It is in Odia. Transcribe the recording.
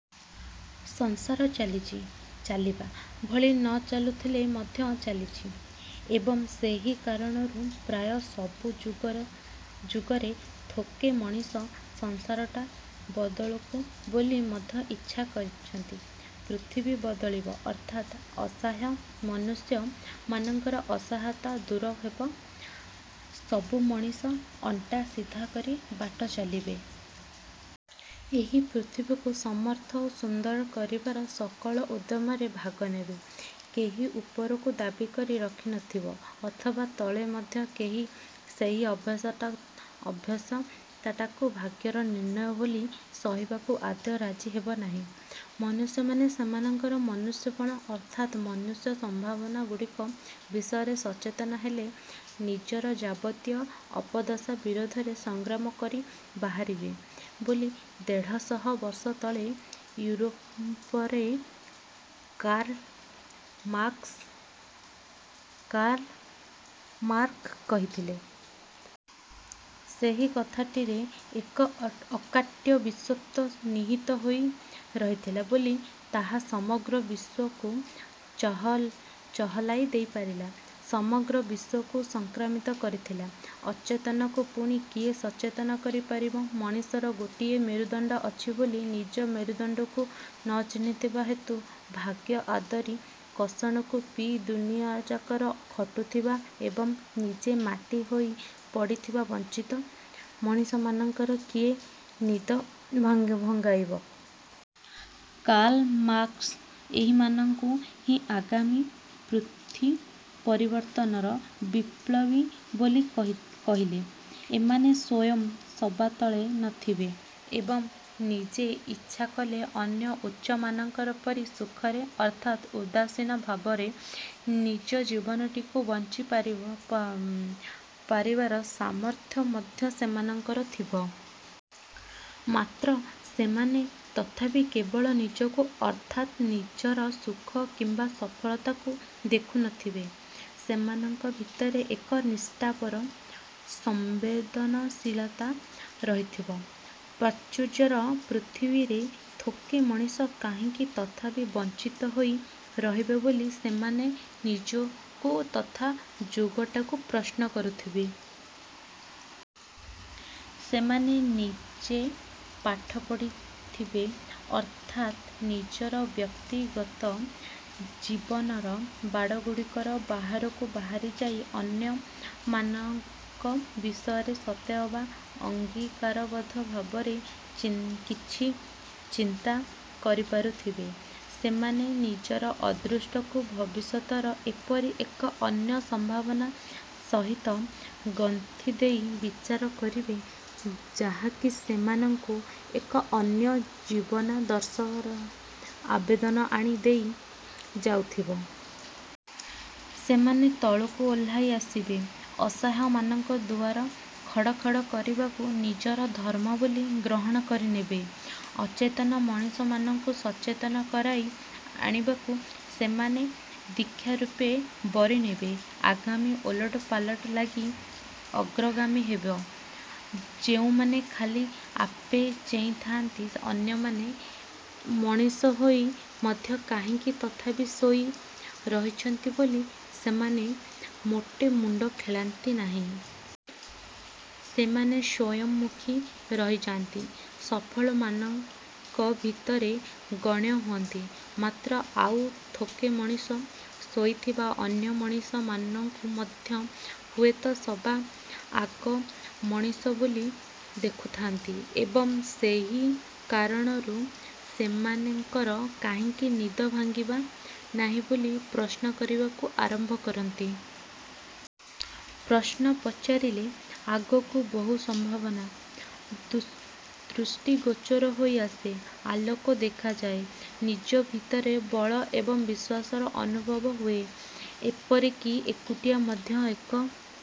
ସଂସାର ଚାଲିଛି। ଚାଲିବା ଭଳି ନ ଚାଲୁଥିଲେ ମଧ୍ୟ ଚାଲିଛି। ଏବଂ ସେହି କାରଣରୁ ପ୍ରାୟ ସବୁ ଯୁଗରେ ଥୋକେ ମଣିଷ ସଂସାରଟା ବଦଳୁ ବୋଲି ମଧ୍ୟ ଇଚ୍ଛା କରିଛନ୍ତି। ପୃଥିବୀ ବଦଳିବ ଅର୍ଥାତ୍ ଅସହାୟ ମନୁଷ୍ୟ ମାନଙ୍କର ଅସହାୟତା ଦୂର ହେବ। ସବୁ ମଣିଷ ଅଣ୍ଟା ସିଧା କରି ବାଟ ଚାଲିବେ। ଏହି ପୃଥିବୀକୁ ସମର୍ଥ ଓ ସୁନ୍ଦର କରିବାର ସକଳ ଉଦ୍ୟମରେ ଭାଗ ନେବେ। କେହି ଉପରୁ ଦାବିକରି ରଖି ନଥିବ-। ଅଥବା ତଳେ ମଧ୍ୟ କେହି ସେହି ଅସଭ୍ୟତାଟାକୁ ଭାଗ୍ୟର ନିର୍ଣ୍ଣୟ ବୋଲି ସହିବାକୁ ଆଦୌ ରାଜି ହେବନାହିଁ। ମନୁଷ୍ୟମାନେ ସେମାନଙ୍କର ମନୁଷ୍ୟପଣ ଅର୍ଥାତ୍ ମନୁଷ୍ୟ ସମ୍ଭାବନାଗୁଡ଼ିକ ବିଷୟରେ ସଚେତନ ହେଲେ ନିଜର ଯାବତୀୟ ଅପଦଶା ବିରୋଧରେ ସଂଗ୍ରାମ କରି ବାହାରିବେ ବୋଲି ଦେଢ଼ଶହ ବର୍ଷ ତଳେ ଇଉରୋପରେ କାର୍ଲ୍ ମାର୍କ୍ସ କହିଥିଲେ। ସେହି କଥାଟିରେ ଏକ ଅକାଟ୍ୟ ବିଶ୍ୱସତ୍ୟ ନିହିତ ହୋଇ ରହିଥିଲା ବୋଲି ତାହା ସମଗ୍ର ବିଶ୍ୱକୁ ଚହଲାଇ ଦେଇପାରିଲା। ସମଗ୍ର ବିଶ୍ୱକୁ ସଂକ୍ରାମିତ କରିଥିଲା। ଅଚେତନକୁ ପୁଣି କିଏ ସଚେତନ କରି ପାରିବ? ମଣିଷର ଗୋଟିଏ ମେରୁଦଣ୍ଡ ଅଛି ବୋଲି ନିଜ ମେରୁଦଣ୍ଡକୁ ନ ଚିହ୍ନିଥିବା ହେତୁ ଭାଗ୍ୟ ଆଦରି କଷଣକୁ ପିଇ ଦୁନିଆଯାକର ଖଟୁଥିବା ଏବଂ ନିଜେ ମାଟି ହୋଇ ପଡ଼ିଥିବା ବଞ୍ଚିତ ମଣିଷମାନଙ୍କର କିଏ ନିଦ ଭଙ୍ଗାଇବ? କାର୍ଲ୍ ମାର୍କ୍ସ ଏହିମାନଙ୍କୁ ହିଁ ଆଗାମୀ ପୃଥ୍ୱୀ-ପରିବର୍ତ୍ତନର ବିପ୍ଲବୀ ବୋଲି କହିଲେ। ଏମାନେ ସ୍ୱୟଂ ସବାତଳେ ନଥିବେ। ଏବଂ ନିଜେ ଇଚ୍ଛା କଲେ ଅନ୍ୟ ଉଚ୍ଚ ମାନଙ୍କ ପରି ସୁଖରେ ଅର୍ଥାତ୍ ଉଦାସୀନ ଭାବରେ ନିଜ ଜୀବନଟିକୁ ବଞ୍ଚି ପାରିବାର ସାମର୍ଥ୍ୟ ମଧ୍ୟ ସେମାଙ୍କର ଥିବ। ମାତ୍ର, ସେମାନେ ତଥାପି କେବଳ ନିଜକୁ ଅର୍ଥାତ୍ ନିଜର ସୁଖ କିମ୍ବା ସଫଳତାକୁ ଦେଖୁ ନଥିବେ। ସେମାନଙ୍କ ଭିତରେ ଏକ ନିଷ୍ଠାପର ସମ୍ବେଦନଶୀଳତା ରହିଥିବ। ପ୍ରାଚୁର୍ଯ୍ୟର ପୃଥିବୀରେ ଥୋକେ ମଣିଷ କାହିଁକି ତଥାପି ବଞ୍ଚିତ ହୋଇ ରହିବେ ବୋଲି ସେମାନେ ନିଜକୁ ତଥା ଯୁଗଟାକୁ ପ୍ରଶ୍ନ କରୁଥିବେ। ସେମାନେ ନିଜେ ପାଠ ପଢ଼ିଥିବେ ଅର୍ଥାତ୍ ନିଜର ବ୍ୟକ୍ତିଗତ ଜୀବନର ବାଡ଼ଗୁଡ଼ିକର ବାହାରକୁ ବାହାରିଯାଇ ଅନ୍ୟ ମାନଙ୍କ ବିଷୟରେ ସତେ ଅବା ଅଙ୍ଗୀକାରବଦ୍ଧ ଭାବରେ କିଛି ଚିନ୍ତା କରିପାରୁଥିବେ। ସେମାନେ ନିଜର ଅଦୃଷ୍ଟକୁ ଭବିଷ୍ୟତର ଏପରି ଏକ ଅନ୍ୟ ସମ୍ଭାବନା ସହିତ ଗୁନ୍ଥିଦେଇ ବିଚାର କରିବେ, ଯାହାକି ସେମାନଙ୍କୁ ଏକ ଅନ୍ୟ ଜୀବନାଦର୍ଶର ଆବେଦନ ଆଣି ଦେଇ ଯାଉଥିବ। ସେମାନେ ତଳକୁ ଓହ୍ଲାଇ ଆସିବେ। ଅସହାୟମାନଙ୍କର ଦୁଆର ଖଡ଼ ଖଡ଼ କରିବାକୁ ନିଜର ଧର୍ମ ବୋଲି ଗ୍ରହଣ କରିନେବେ। ଅଚେତନ ମଣିଷମାନଙ୍କୁ ସଚେତନ କରାଇ ଆଣିବାକୁ ସେମାନେ ଦୀକ୍ଷାରୂପେ ବରିନେବେ। ଆଗାମୀ ଓଲଟପାଲଟ ଲାଗି ଅଗ୍ରଗାମୀ ହେବେ। ଯେଉଁମାନେ ଖାଲି ଆପେ ଚେଇଁଥାନ୍ତି, ଅନ୍ୟମାନେ ମଣିଷ ହୋଇ ମଧ୍ୟ କାହିଁକି ତଥାପି ଶୋଇ ରହିଛନ୍ତି ବୋଲି ସେମାନେ ମୋଟେ ମୁଣ୍ଡ ଖେଳାନ୍ତି ନାହିଁ। ସେମାନେ ସ୍ୱୟଂମୁଖୀ ରହିଯାଆନ୍ତି, ସଫଳମାନଙ୍କ ଭିତରେ ଗଣ୍ୟ ହୁଅନ୍ତି। ମାତ୍ର ଆଉ ଥୋକେ ମଣିଷ ଶୋଇଥିବା ଅନ୍ୟ ମଣିଷ ମାନଙ୍କୁ ମଧ୍ୟ ହୁଏତ ସବା ଆଗ ମଣିଷ ବୋଲି ଦେଖୁଥାନ୍ତି ଏବଂ ସେହି କାରଣରୁ ସେମାନଙ୍କର କାହିଁକି ନିଦ ଭାଙ୍ଗିବା ନାହିଁ ବୋଲି ପ୍ରଶ୍ନ କରିବାକୁ ଆରମ୍ଭ କରନ୍ତି। ପ୍ରଶ୍ନ ପଚାରିଲେ ଆଗକୁ ବହୁ ସମ୍ଭାବନା ଦୃଷ୍ଟିଗୋଚର ହୋଇ ଆସେ। ଆଲୋକ ଦେଖାଯାଏ। ନିଜ ଭିତରେ ବଳ ଏବଂ ବିଶ୍ୱାସର ଅନୁଭବ ହୁଏ। ଏପରିକି ଏକୁଟିଆ ମଧ୍ୟ ଏକ